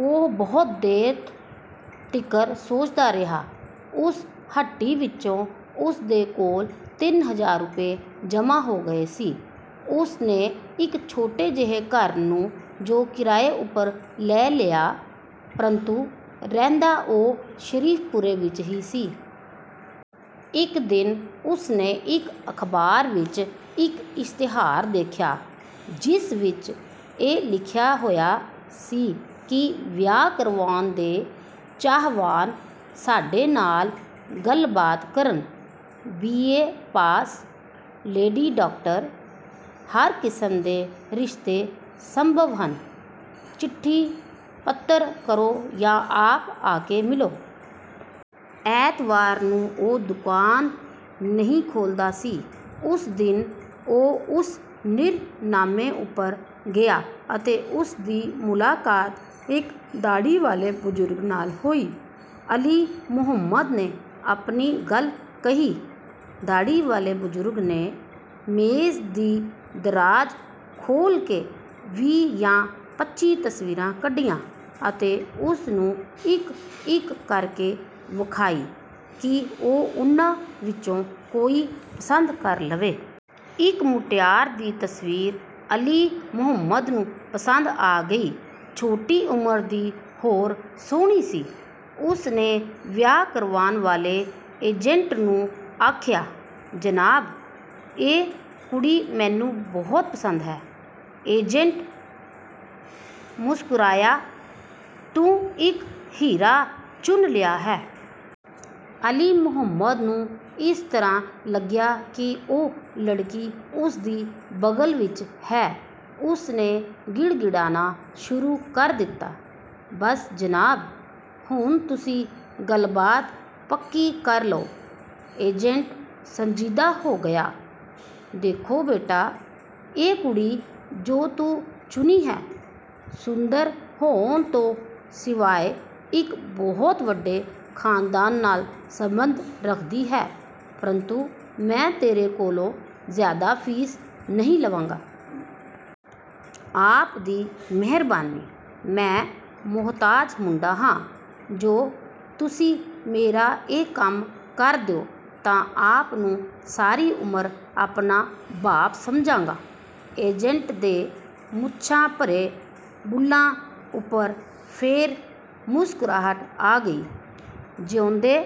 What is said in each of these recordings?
ਉਹ ਬਹੁਤ ਦੇਰ ਤੀਕਰ ਸੋਚਦਾ ਰਿਹਾ। ਉਸ ਹੱਟੀ ਵਿਚੋਂ ਉਸ ਦੇ ਕੋਲ ਤਿੰਨ ਹਜ਼ਾਰ ਰੁਪਏ ਜਮ੍ਹਾਂ ਹੋ ਗਏ ਸੀ। ਉਸ ਨੇ ਇਕ ਛੋਟੇ ਜਿਹੇ ਘਰ ਨੂੰ ਜੋ ਕਿਰਾਏ ਉਪਰ ਲੈ ਲਿਆ, ਪਰੰਤੂ ਰਹਿੰਦਾ ਉਹ ਸ਼ਰੀਫ਼ਪੁਰੇ ਵਿੱਚ ਹੀ ਸੀ। ਇਕ ਦਿਨ ਉਸ ਨੇ ਇਕ ਅਖ਼ਬਾਰ ਵਿੱਚ ਇੱਕ ਇਸ਼ਤਿਹਾਰ ਵੇਖਿਆ ਜਿਸ ਵਿੱਚ ਇਹ ਲਿਖਿਆ ਹੋਇਆ ਸੀ ਕਿ ਵਿਆਹ ਕਰਵਾਉਣ ਦੇ ਚਾਹਵਾਨ ਸਾਡੇ ਨਾਲ ਗੱਲਬਾਤ ਕਰਨ। B. A. Pass, lady doctor, ਹਰ ਕਿਸਮ ਦੇ ਰਿਸ਼ਤੇ ਸੰਭਵ ਹਨ, ਚਿੱਠੀ-ਪੱਤਰ ਕਰੋ ਜਾਂ ਆਪ ਆ ਕੇ ਮਿਲੋ। ਐਤਵਾਰ ਨੂੰ ਓ ਦੁਕਾਨ ਨਹੀਂ ਖੋਲ੍ਹਦਾ ਸੀ। ਉਸ ਦਿਨ ਓ ਉਸ ਸਿਰਨਾਮੇ ਉਪਰ ਗਿਆ ਅਤੇ ਉਸ ਦੀ ਮੁਲਾਕਾਤ ਇੱਕ ਦਾੜੀ ਵਾਲੇ ਬਜ਼ੁਰਗ ਨਾਲ ਹੋਈ। ਅਲੀ ਮੁਹੰਮਦ ਨੇ ਆਪਣੀ ਗੱਲ ਕਹੀ। ਦਾੜ੍ਹੀ ਵਾਲੇ ਬਜ਼ੁਰਗ ਨੇ ਮੇਜ਼ ਦੀ ਦਰਾਜ ਖੋਲ੍ਹ ਕੇ ਬੀਹ ਜਾਂ ਪੱਚੀ ਤਸਵੀਰਾਂ ਕੱਢੀਆਂ ਅਤੇ ਉਸ ਨੂੰ ਇੱਕ-ਇੱਕ ਕਰ ਕੇ ਵਿਖਾਈ ਕਿ ਓ ਉਨ੍ਹਾਂ ਵਿਚੋਂ ਕੋਈ ਪਸੰਦ ਕਰ ਲਵੇ। ਇਕ ਮੁਟਿਆਰ ਦੀ ਤਸਵੀਰ ਅਲੀ ਮੁਹੰਮਦ ਨੂੰ ਪਸੰਦ ਆ ਗਈ। ਛੋਟੀ ਉਮਰ ਦੀ ਹੋਰ ਸੋਹਣੀ ਸੀ। ਉਸ ਨੇ ਵਿਆਹ ਕਰਵਾਉਣ ਵਾਲੇ ਏਜੰਟ ਨੂੰ ਆਖਿਆ: ''ਜਨਾਬ! ਇਹ ਕੁੜੀ ਮੈਨੂੰ ਬਹੁਤ ਪਸੰਦ ਹੈ। '' ਏਜੰਟ ਮੁਸਕਰਾਇਆ,''ਤੂੰ ਇੱਕ ਹੀਰਾ ਚੁਣ ਲਿਆ ਹੈ।'' ਅਲੀ ਮੁਹੰਮਦ ਨੂੰ ਇਸ ਤਰ੍ਹਾਂ ਲਗਿਆ ਕਿ ਉਹ ਲੜਕੀ ਉਸ ਦੀ ਬਗਲ ਵਿੱਚ ਹੈ। ਉਸ ਨੇ ਗਿੜਗਿੜਾਨਾ ਸ਼ੁਰੂ ਕਰ ਦਿੱਤਾ,''ਬਸ ਜਨਾਬ। ਹੁਣ ਤੁਸੀਂਂ ਗੱਲਬਾਤ ਪੱਕੀ ਕਰ ਲਓ। ''ਏਜੰਟ ਸੰਜੀਦਾ ਹੋ ਗਿਆ,''ਦੇਖੋ ਬੇਟਾ। ਇਹ ਕੁੜੀ ਜੋ ਤੂੰ ਚੁਣੀ ਹੈ, ਸੁੰਦਰ ਹੋਣ ਤੋਂ ਸਿਵਾਇ ਇਕ ਬਹੁਤ ਵਡੇ ਖਾਨਦਾਨ ਨਾਲ ਸੰਬੰਧ ਰੱਖਦੀ ਹੈ, ਪਰੰਤੂ ਮੈਂ ਤੇਰੇ ਕੋਲੋਂ ਜ਼ਿਆਦਾ ਫ਼ੀਸ ਨਹੀਂ ਲਵਾਂਗਾ। '' ''ਆਪ ਦੀ ਮਿਹਰਬਾਨੀ। ਮੈਂ ਮੁਹਤਾਜ ਮੁੰਡਾ ਹਾਂ। ਜੋ ਤੁਸੀਂ ਮੇਰਾ ਇਹ ਕੰਮ ਕਰ ਦਿਓ ਤਾਂ ਆਪ ਨੂੰ ਸਾਰੀ ਉਮਰ ਆਪਣਾ ਬਾਪ ਸਮਝਾਂਗਾ। '' ਏਜੰਟ ਦੇ ਮੁੱਛਾਂ ਭਰੇ ਬੁੱਲ੍ਹਾਂ ਉੱਪਰ ਫੇਰ ਮੁਸਕਰਾਹਟ ਆ ਗਈ।,''ਜਿਉਂਦੇ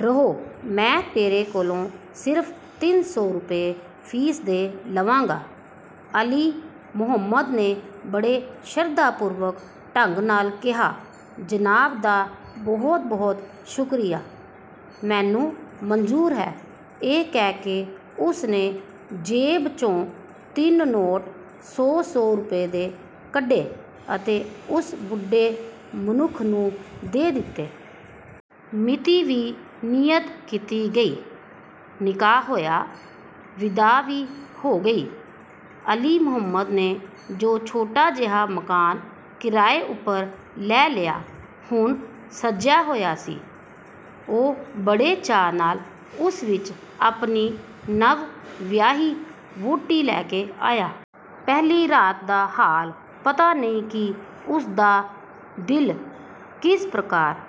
ਰਹੋ, ਮੈਂ ਤੇਰੇ ਕੋਲੋਂ ਸਿਰਫ਼ ਤਿੰਨ ਸੌ ਰੁਪਏ ਫ਼ੀਸ ਦੇ ਲਵਾਂਗਾ। '' ਅਲੀ ਮੁਹੰਮਦ ਨੇ ਬੜੇ ਸ਼ਰਧਾ ਪੂਰਵਕ ਢੰਗ ਨਾਲ ਕਿਹਾ;'ਜਨਾਬ ਦਾ ਬਹੁਤ ਬਹੁਤ ਸ਼ੁਕਰੀਆ, ਮੈਨੂੰ ਮਨਜ਼ੂਰ ਹੈ। '' ਇਹ ਕਹਿ ਕੇ ਉਸ ਨੇ ਜੇਬ 'ਚੋਂ ਤਿੰਨ ਨੋਟ ਸੌ ਸੌ ਰੁਪਏ ਦੇ ਕੱਢੇ ਅਤੇ ਉਸ ਬੁੱਢੇ ਮਨੁੱਖ ਨੂੰ ਦੇ ਦਿੱਤੇ। ਮਿਤੀ ਵੀ ਨੀਯਤ ਕੀਤੀ ਗਈ, ਨਿਕਾਹ ਹੋਇਆ, ਵਿਦਾ ਵੀ ਹੋ ਗਈ। ਅਲੀ ਮੁਹੰਮਦ ਨੇ ਜੋ ਛੋਟਾ ਜਿਹਾ ਮਕਾਨ ਕਿਰਾਏ ਉੱਪਰ ਲੈ ਲਿਆ, ਹੁਣ ਸਜਿਆ ਹੋਇਆ ਸੀ। ਉਹ ਬੜੇ ਚਾਅ ਨਾਲ ਉਸ ਵਿੱਚ ਆਪਣੀ ਨਵ-ਵਿਆਹੀ ਵਹੁਟੀ ਲੈ ਕੇ ਆਇਆ। ਪਹਿਲੀ ਰਾਤ ਦਾ ਹਾਲ ਪਤਾ ਨਹੀਂ ਕਿ ਉਸ ਦਾ ਦਿਲ ਕਿਸ ਪ੍ਰਕਾਰ